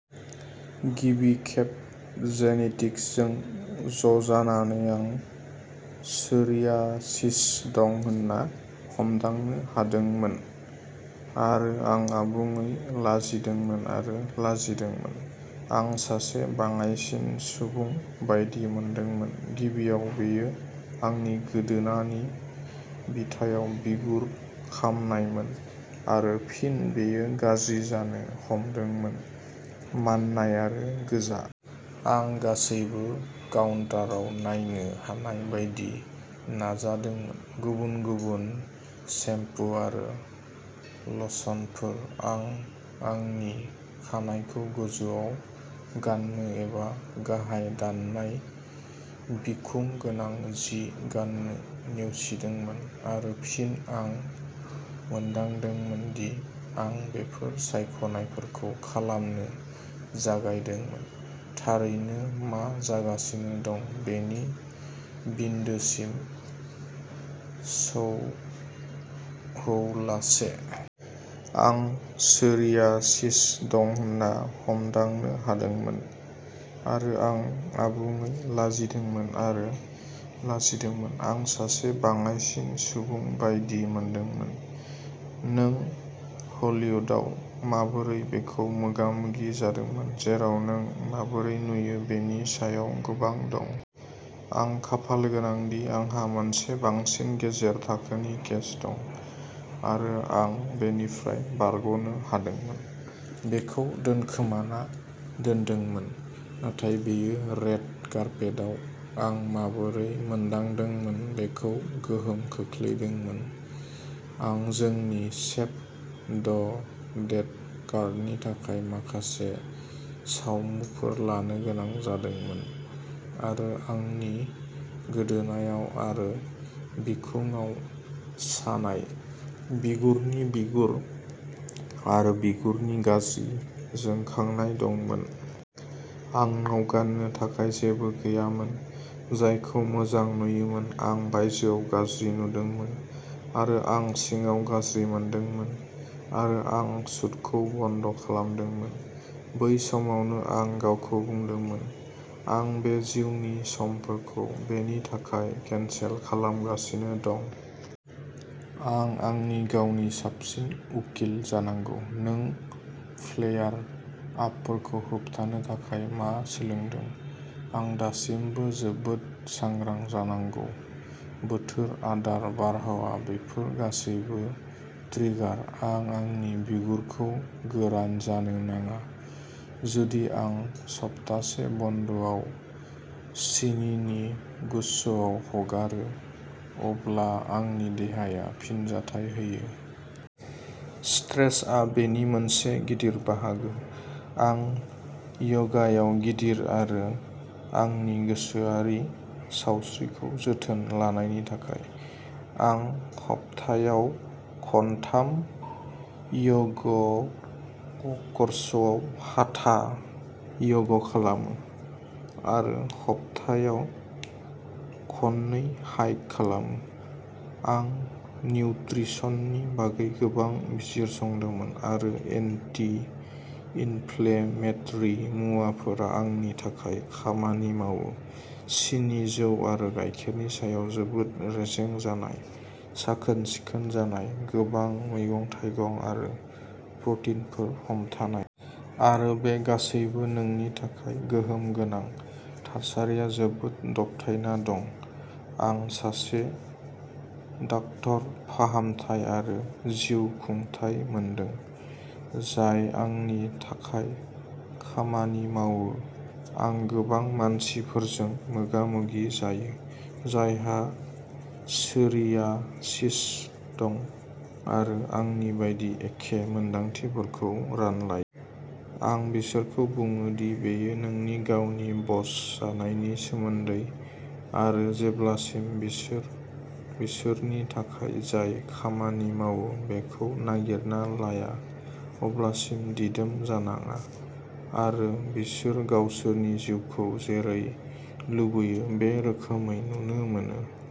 गिबि खेब जेनेटिक्सजों ज'जानानै आं सोरियासिस दं होनना हमदांनो हादोंमोन आरो आं आबुङै लाजिदोंमोन आरो लाजिदोंमोन आं सासे बाङाइसिन सुबुं बायदि मोनदोंमोन गिबियाव बेयो आंनि गोदोनानि बिथायाव बिगुर खामनायमोन आरो फिन बेयो गाज्रि जानो हमदोंमोन माननाय आरो गोजा। आं गासैबो काउन्टाराव नायनो हानाय बायदि नाजादोंमोन गुबुन गुबुन सेम्पु आरो लशनफोर। आं आंनि खानाइखौ गोजौआव गाननो एबा गाहाय दाननाय बिखुं गोनां जि गान्नो नेवसिदोंमोन। आरो फिन आं मोनदांदोंमोन दि आं बेफोर सायख'नायफोरखौ खालामनो जागायदोंमोन, थारैनो मा जागासिनो दं बेनि बिन्दोसिम सौ हौलासे। आं सोरियासिस दं होनना हमदांनो हादोंमोन, आरो आं आबुङै लाजिदोंमोन आरो लाजिदोंमोन। आं सासे बाङाइसिन सुबुं बायदि मोनदोंमोन। नों हलिउदाव माबोरै बेखौ मोगा मोगि जादोंमोन जेराव नों माबोरै नुयो बेनि सायाव गोबां दं? आं खाफालगोनां दि आंहा मोनसे बांसिन गेजेर थाखोनि केस दं, आरो आं बेनिफ्राय बारग'नो हादोंमोन। बेखौ दोनखोमाना दोनदोंमोन। नाथाय बेयो रेड कार्पेटआव आं माबोरै मोनदांदोंमोन बेखौ गोहोम खोख्लैदोंमोन। आं जोंनि सेभ द डेट कार्डनि थाखाय माखासे सावमुफोर लानो गोनां जादोंमोन आरो आंनि गोदोनायाव आरो बिखुंआव सानाय बिगुरनि बिगुर आरो बिगुरनि गाज्रि जोंखांनाय दंमोन। आंनाव गान्नो थाखाय जेबो गैयामोन, जायखौ मोजां नुयोमोन। आं बायजोयाव गाज्रि नुदोंमोन आरो आं सिङाव गाज्रि मोनदोंमोन आरो आं शूटखौ बन्द खालामदोंमोन। बै समावनो आं गावखौ बुंदोंमोनः "आं बे जिउनि समफोरखौ बेनि थाखाय केनसेल खालामगासिनो दं। आं आंनि गावनि साबसिन उकिल जानांगौ।" नों फ्लेयार-आपफोरखौ होबथानो थाखाय मा सोलोंदों? आं दासिमबो जोबोद सांग्रां जानांगौ। बोथोर, आदार, बारहावा-बेफोर गासैबो ट्रिगार। आं आंनि बिगुरखौ गोरान जानो नाङा। जुदि आं सप्तासे बन्द'आव सिनिनि गुच्छआव हगारो, अब्ला आंनि देहाया फिनजाथाय होयो। स्ट्रेसआ बेनि मोनसे गिदिर बाहागो। आं य'गायाव गिदिर, आरो आंनि गोसोआरि सावस्रिखौ जोथोन लानायनि थाखाय। आं हाप्थायाव खनथाम य'गवर्क्सआव हाथा य'ग खालामो, आरो हाप्थायाव खननै हाइक खालामो। आं निउत्रिसननि बागै गोबां बिजिरसंदोंमोन, आरो एन्टि इनफ्लेमेटरि मुवाफोरा आंनि थाखाय खामानि मावो सिनि जौ आरो गाइखेरनि सायाव जोबोद रेजें जानाय, साखोन-सिखोन जानाय, गोबां मैगं-थाइगं आरो प्रटिनफोर हमथानाय। आरो बे गासैबो नोंनि थाखाय गोहोम गोनां थासारिया जोबोद दबथायना दं। आं सासे डाक्टर फाहामथाय आरो जिउखुंथाय मोनदों जाय आंनि थाखाय खामानि मावो। आं गोबां मानसिफोरजों मोगामोगि जायो जायहा सोरियासिस दं आरो आंनि बायदि एखे मोन्दांथिफोरखौ रानलायो। आं बिसोरखौ बुङो दि बेयो नोंनि गावनि बस जानायनि सोमोन्दै, आरो जेब्लासिम बिसोर बिसोरनि थाखाय जाय खामानि मावो बेखौ नागिरना लाया अब्लासिम दिदोम जानाङा, आरो बिसोर गावसोरनि जिउखौ जेरै लुबैयो बे रोखोमै नुनो मोनो।